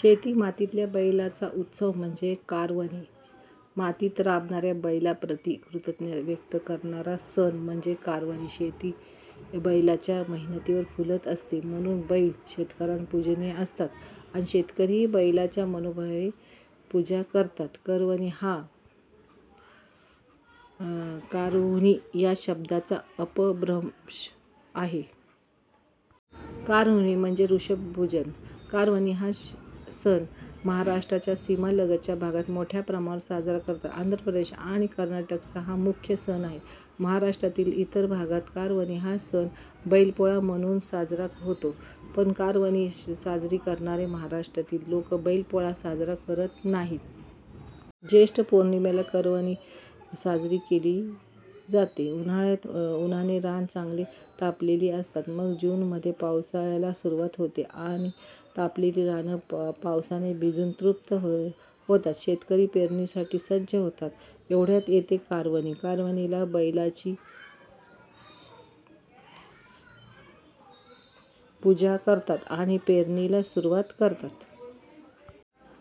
शेती-मातीतला बैलांचा उत्सव म्हणजे कारवनी. मातीत राबणाऱ्या बैलांप्रती कृतज्ञता व्यक्त करणारा सण म्हणजे कारवनी. शेती बैलांच्या मेहनतीवर फुलत असते. म्हणून बैल शेतकऱ्यांना पूजनीय असतात आणि शेतकरीही बैलांची मनोभावे पूजा करतात. 'कारवनी' हा 'कारहुणवी' या शब्दाचा अपभ्रंश आहे. कारहुणवी म्हणजे वृषभपूजन. कारवनी हा सण महाराष्ट्राच्या सीमेलगतच्या भागात मोठ्या प्रमाणावर साजरा करतात. आंध्र प्रदेश आणि कर्नाटकचा हा मुख्य सण आहे. महाराष्ट्रातील इतर भागात कारवनी हा सण 'बैलपोळा' म्हणून साजरा होतो. पण कारवनी साजरी करणारे महाराष्ट्रातील लोक बैलपोळा साजरा करत नाहीत. ज्येष्ठ पौर्णिमेला कारवनी साजरी केली जाते. उन्हाळ्यात उन्हाने रानं चांगली तापलेली असतात. मग जूनमध्ये पावसाला सुरुवात होते आणि तापलेली रानं पावसाने भिजून तृप्त होतात. शेतकरी पेरणीसाठी सज्ज होतात. एवढ्यात येते कारवनी. कारवनीला बैलांची पूजा करतात आणि पेरणीला सुरुवात करतात.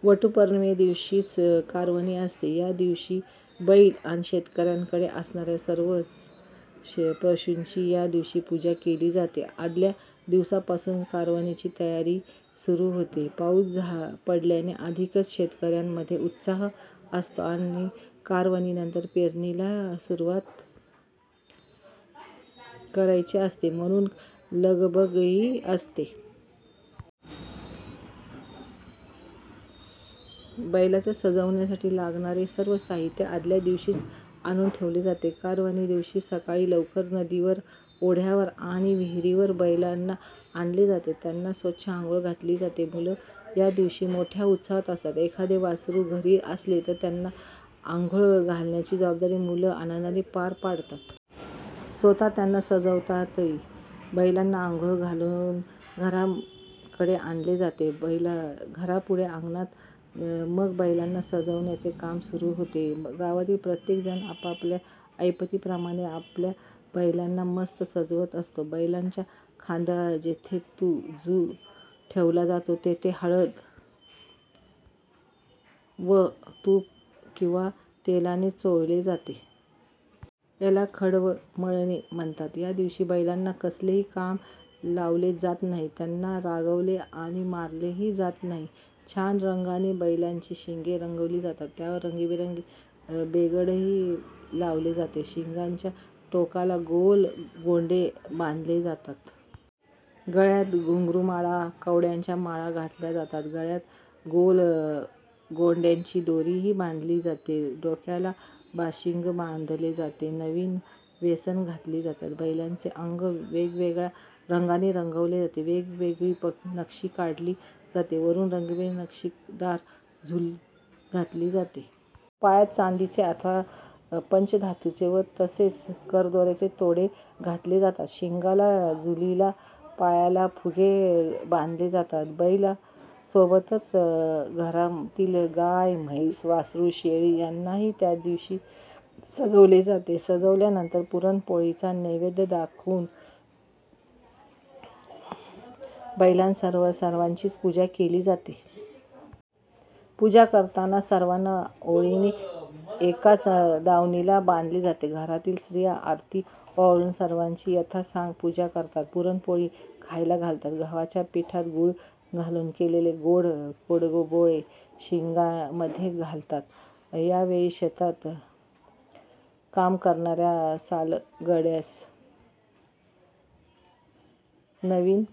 वटपौर्णिमेदिवशीच कारवनी असते. या दिवशी बैल आणि शेतकऱ्यांकडे असणाऱ्या सर्वच पशूंची या दिवशी पूजा केली जाते. आदल्या दिवसापासूनच कारवनीची तयारी सुरू होते. पाऊस पडल्याने आधीच शेतकऱ्यांमध्ये उत्साह असतो आणि कारवनीनंतर पेरणीला सुरुवात करायची असते म्हणून लगबगही असते. बैलांना सजवण्यासाठी लागणारे सर्व साहित्य आदल्या दिवशीच आणून ठेवले जाते. कारवनीदिवशी सकाळी लवकर नदीवर, ओढ्यावर किंवा विहिरीवर बैलांना आणले जाते. त्यांना स्वच्छ आंघोळ घातली जाते. मुलं या दिवशी मोठ्या उत्साहात असतात. एखादं वासरू घरी असेल तर त्याला आंघोळ घालण्याची जबाबदारी मुलं आनंदाने पार पाडतात. स्वतः त्यांना सजवतातही. बैलांना आंघोळ घालून घराकडे आणले जाते. घरापुढे अंगणात मग बैलांना सजवण्याचे काम सुरू होते. गावातील प्रत्येक जण आपापल्या ऐपतीप्रमाणे आपल्या बैलांना मस्त सजवत असतो. बैलांच्या खांद्यावर जिथे जू ठेवला जातो तिथे हळद व तूप किंवा तेलाने चोळले जाते. याला खंडमळणे म्हणतात. या दिवशी बैलांना कसलेही काम लावले जात नाही. त्यांना रागावले किंवा मारलेही जात नाही. छान रंगाने बैलांची शिंगे रंगवली जातात. त्यावर रंगीबेरंगी बेगडही लावले जाते. शिंगाच्या टोकाला गोल गोंडे बांधले जातात. गळ्यात घुंगुरमाळा, कवड्यांच्या माळा घातल्या जातात. गळ्यात गोल गोंड्याची दोरीही बांधली जाते. डोक्याला बाशिंग बांधले जाते. नवीन वेसण घातली जाते. बैलांचे अंग वेगवेगळ्या रंगाने रंगवले जाते. वेगवेगळी नक्षी काढली जाते. वरून रंगीबेरंगी नक्षीदार झूल घातली जाते. पायात चांदीचे अथवा पंचधातूचे व तसेच करदोऱ्याचे तोडे घातले जातात. शिंगाला, झूलीला, पायाला फुगे बांधले जातात. बैलांसोबतच घरातील गाय, म्हैस, वासरू, शेळी यांनाही या दिवशी सजवले जाते. सजवल्यानंतर पुरणपोळीचा नैवेद्य दाखवून बैलांसह सर्वांचीच पूजा केली जाते. पूजा करताना सर्वांना ओळीने एकाच दावणीला बांधले जाते. घरातील स्त्रिया आरती ओवाळून सर्वांची यथासांग पूजा करतात. पुरणपोळी खायला घालतात. गव्हाच्या पिठात गूळ घालून केलेले गोड कडबोळे शिंगांमध्ये घालतात. यावेळी शेतात काम करणाऱ्या सालगड्यास नवीन